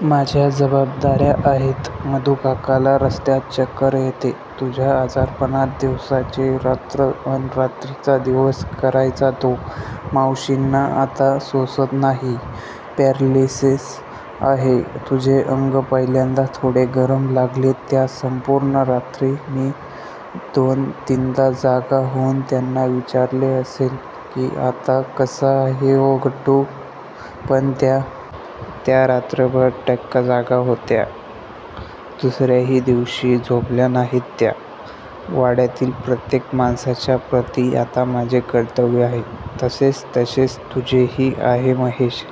माझ्या जबाबदार्या आहेत. मधूकाकाला रस्त्यात चक्कर येते. तुझ्या आजारपणात दिवसाची रात्र अन रात्रीचा दिवस करायचा तो मावशींना आता सोसत नाही. पॅरलिसीस आहे. तुझे अंग पहिल्यांदा थोडे गरम लागले त्या संपूर्ण रात्री मी दोन, तीनदा जागा होऊन त्यांना विचारले असेल की आता कसाय हो गट्टू पण त्या? त्या रात्रभर टक्क जाग्या होत्या. दुसर्याही दिवशी झोपल्या नाहीत त्या! वाड्यातील प्रत्येक माणसाच्या प्रती आता माझे कर्तव्य आहे. तसेच तसेच तुझेही आहे महेश.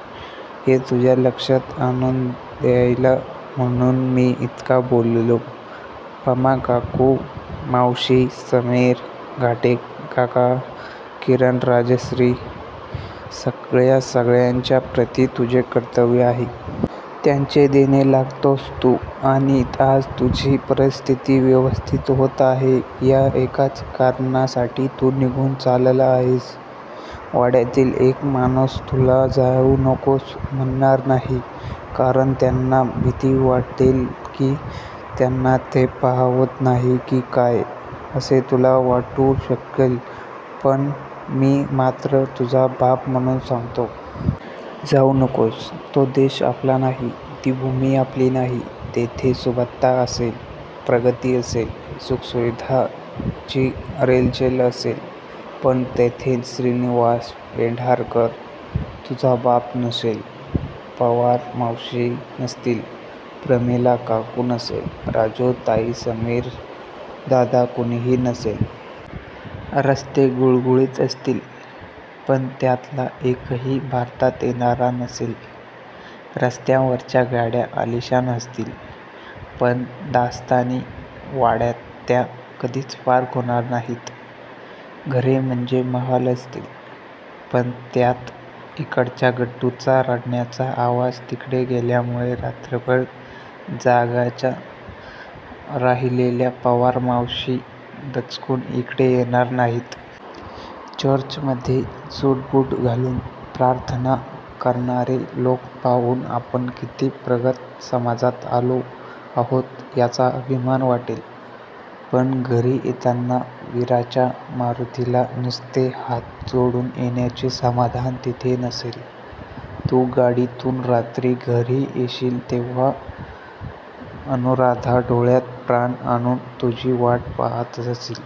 हे तुझ्या लक्षात आणून द्यायला म्हणून मी इतका बोललो. पमा काकू, मावशी, समीर, घाटे काका, किरण राजश्री सगळ्या सगळ्यांच्या प्रती तुझे कर्तव्य आहे. त्यांचे देणे लागतोस तू आणि आज तुझी परिस्थिती व्यवस्थित होत आहे या एकाच कारणासाठी तू निघून चालला आहेस. वाड्यातील एक माणूस तुला जाऊ नकोस म्हणणार नाही, कारण त्यांना भीती वाटेल की त्यांना ते पाहावत नाही की काय असे तुला वाटू शकेल पण मी मात्र तुझा बाप म्हणून सांगतो. जाऊ नकोस. तो देश आपला नाही. ती भूमी आपली नाही. तेथे सुबत्ता असेल. प्रगती असेल. सुखसुविधांची रेलचेल असेल. पण तेथे श्रीनिवास पेंढारकर. तुझा बाप नसेल. पवार मावशी नसतील. प्रमिला काकू नसेल. राजू ताई, समीर दादा कुणीही नसेल. रस्ते गुळगुळीत असतील. पण त्यातला एकही भारतात येणारा नसेल. रस्त्यावरच्या गाड्या आलिशान असतील. पण दास्ताने वाड्यात त्या कधीच पार्क होणार नाहीत. घरे म्हणजे महाल असतील. पण त्यात इकडच्या गट्टूचा रडण्याचा आवाज तिकडे गेल्यामुळे रात्रभर जाग्याच राहिलेल्या पवार मावशी दचकून इकडे येणार नाहीत. चर्चमधे सुटबुट घालून प्रार्थना करणारे लोक पाहून आपण किती प्रगत समजात आलो आहोत याचा अभिमान वाटेल. पण घरी येताना वीराच्या मारुतीला नुसते हात जोडून येण्याचे समाधान तिथे नसेल. तू गाडीतून रात्री घरी येशील तेव्हा अनुराधा डोळ्यात प्राण आणून तुझी वाट पाहात असेल.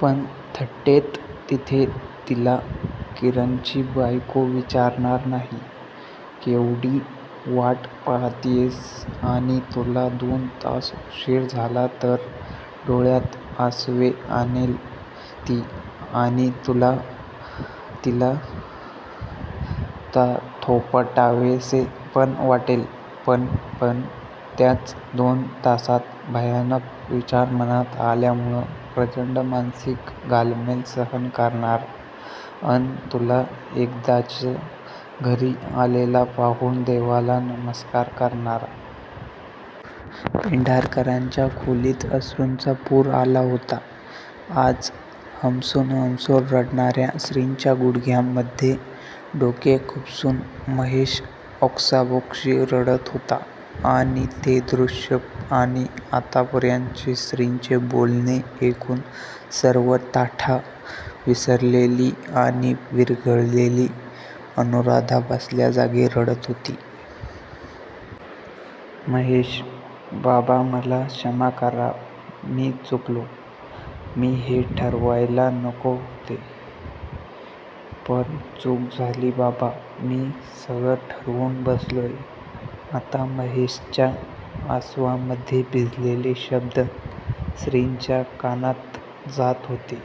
पण थट्टेत तिथे तिला किरणची बायको विचारणार नाही. केवढी वाट पाहतीयस? आणि तुला दोन तास उशीर झाला तर डोळ्यात आसवे आणेल ती आणि तुला तिला थोपटावेसे पण वाटेल पण पण त्याच दोन तासात भयानक विचार मनात आल्यामुळे प्रचंड मानसिक घालमेल सहन करणारा अन तुला एकदाचा घरी आलेला पाहून देवाला नमस्कार करणारा. पेंढारकरांच्या खोलीत अश्रूंचा पूर आला होता आज! हमसून हमसून रडणार्या श्रींच्या गुडघ्यांमधे डोके खुपसून महेश ओक्साबोक्शी रडत होता आणि ते दृष्य आणि आत्तापर्यंतचे श्रीचे बोलणे ऐकून सर्व ताठा विसरलेली आणि विरघळलेली अनुराधा बसल्या जागी रडत होती. महेश बाबा मला मला क्षमा करा मी चुकलो. मी हे ठरवायला नको होते. पण चूक झाली बाबा मी सगळं ठरवून बसलोय आता महेशच्या आसवांमधे भिजलेले शब्द श्रींच्या कानात जात होते.